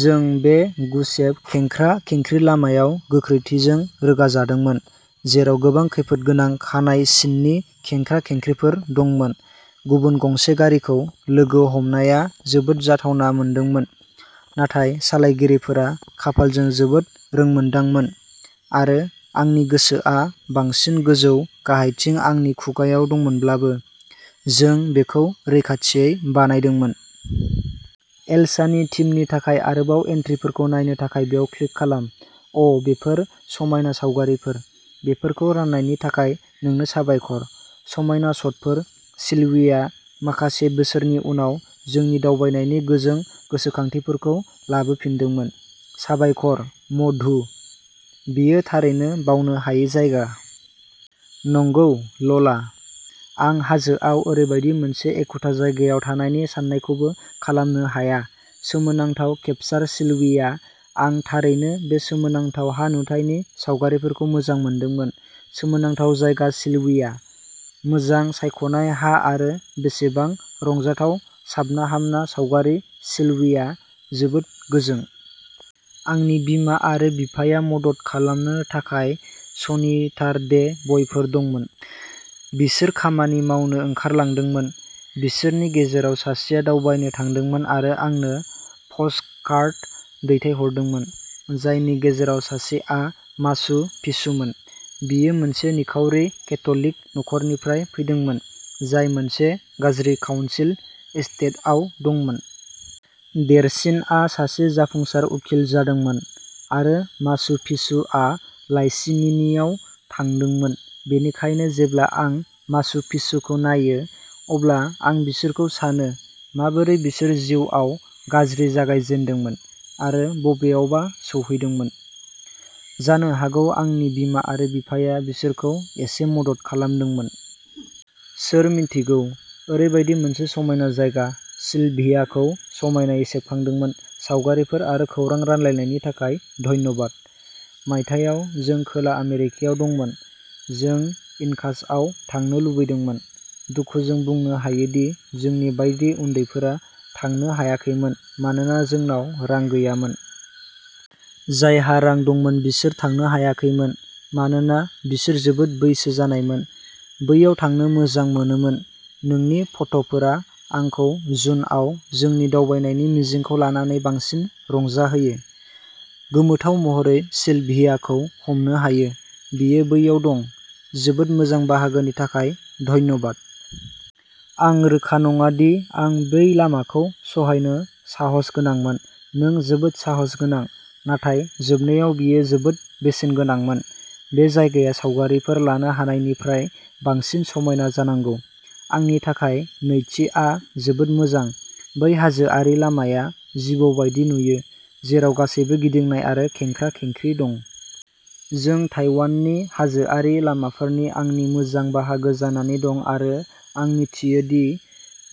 जों बे गुसेब खेंख्रा-खेंख्रि लामायाव गोख्रैथिजों रोगाजादोंमोन, जेराव गोबां खैफोदगोनां खानाय सिननि खेंख्रा-खेंख्रिफोर दंमोन। गुबुन गंसे गारिखौ लोगो हमनाया जोबोद जाथावना मोनदोंमोन, नाथाय सालायगिरिफोरा खाफालजों जोबोद रोंमोन्दांमोन, आरो आंनि गोसोआ बांसिन गोजौ-गाहायथिं आंनि खुगायाव दंमोनब्लाबो, जों बेखौ रैखाथियै बानायदोंमोन। एलसानि थिमनि थाखाय आरोबाव एन्ट्रिफोरखौ नायनो थाखाय बेयाव क्लिक खालाम। अ बेफोर समायना सावगारिफोर। बेफोरखौ राननायनि थाखाय नोंनो साबायखर। समायना शटफोर सिल्विया माखासे बोसोरनि उनाव जोंनि दावबायनायनि गोजों गोसोखांथिफोरखौ लाबोफिनदोंमोन। साबायखर, मधु। बेयो थारैनो बावनो हायै जायगा। नंगौ, ल'ला। आं हाजोआव ओरैबायदि मोनसे एखुथा जायगायाव थानायनि साननायखौबो खालामनो हाया। सोमोनांथाव केपसार सिल्विया। आं थारैनो बे सोमोनांथाव हा नुथायनि सावगारिफोरखौ मोजां मोनदोंमोन। सोमोनांथाव जायगा सिल्विया, मोजां सायख'नाय हा आरो बेसेबां रंजाथाव साबनाहामना सावगारि सिल्विया, जोबोद गोजों। आंनि बिमा आरो बिफाया मदद खालामनो थाखाय सनिटारडे बय'फोर दंमोन। बिसोर खामानि मावनो ओंखारलांदोंमोन। बिसोरनि गेजेराव सासेया दावबायनो थांदोंमोन आरो आंनो पस्टकार्ड दैथायहरदोंमोन, जायनि गेजेराव सासेआ माचु पिचुमोन। बियो मोनसे निखावरि केथ'लिक नखरनिफ्राय फैदोंमोन, जाय मोनसे गाज्रि काउन्सिल एस्टेटआव दंमोन। देरसिनआ सासे जाफुंसार उखिल जादोंमोन, आरो माचु पिचुआ लाइसिमिनियाव थांदोंमोन। बेनिखायनो जेब्ला आं माचु पिचुखौ नायो, अब्ला आं बिसोरखौ सानो, माबोरै बिसोर जिउआव गाज्रि जागायजेन्दोंमोन आरो बबेयावबा सौहैदोंमोन, जानो हागौ आंनि बिमा आरो बिफाया बिसोरखौ एसे मदद खालामदोंमोन। सोर मिन्थिगौ, ओरैबायदि मोनसे समायना जायगा, सिलभियाखौ समायनायै सेबखांदोंमोन सावगारिफोर आरो खौरां रानलायनायनि थाखाय धन्यबाद। मायथाइयाव जों खोला आमेरिकायाव दंमोन, जों इनकासआव थांनो लुबैदोंमोन। दुखुजों बुंनो हायोदि जोंनि बायदि उन्दैफोरा थांनो हायाखैमोन मानोना जोंनाव रां गैयामोन। जायहा रां दंमोन बिसोर थांनो हायाखैमोन। मानोना बिसोर जोबोद बैसो जानायमोन, बैयाव थांनो मोजां मोनोमोन। नोंनि फट'फोरा आंखौ जुनआव जोंनि दावबायनायनि मिजिंखौ लानानै बांसिन रंजाहोयो। गोमोथाव महरै सिलभियाखौ हमनो हायो। बेयो बैयाव दं, जोबोद मोजां बाहागोनि थाखाय धन्यबाद। आं रोखा नङा दि आं बै लामाखौ सहायनो साहसगोनांमोन नों जोबोद साहसगोनां, नाथाय जोबनायाव बेयो जोबोद बेसेनगोनांमोन। बे जायगाया सावगारिफोर लानो हानायनिफ्राय बांसिन समायना जानांगौ। आंनि थाखाय नैथिआ जोबोद मोजां, बै हाजोआरि लामाया जिबौ बायदि नुयो, जेराव गासैबो गिदिंनाय आरो खेंख्रा-खेंख्रि दं। जों ताइवाननि हाजोआरि लामाफोरनि आंनि मोजां बाहागो जानानै दं आरो आं मिथियो दि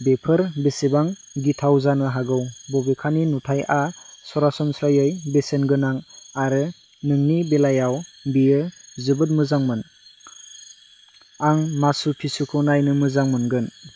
बेफोर बेसेबां गिथाव जानो हागौ। बबेखानि नुथायआ सरासनस्रायै बेसेनगोनां आरो नोंनि बेलायाव बेयो जोबोद मोजांमोन। आं माचु पिचुखौ नायनो मोजां मोनगोन।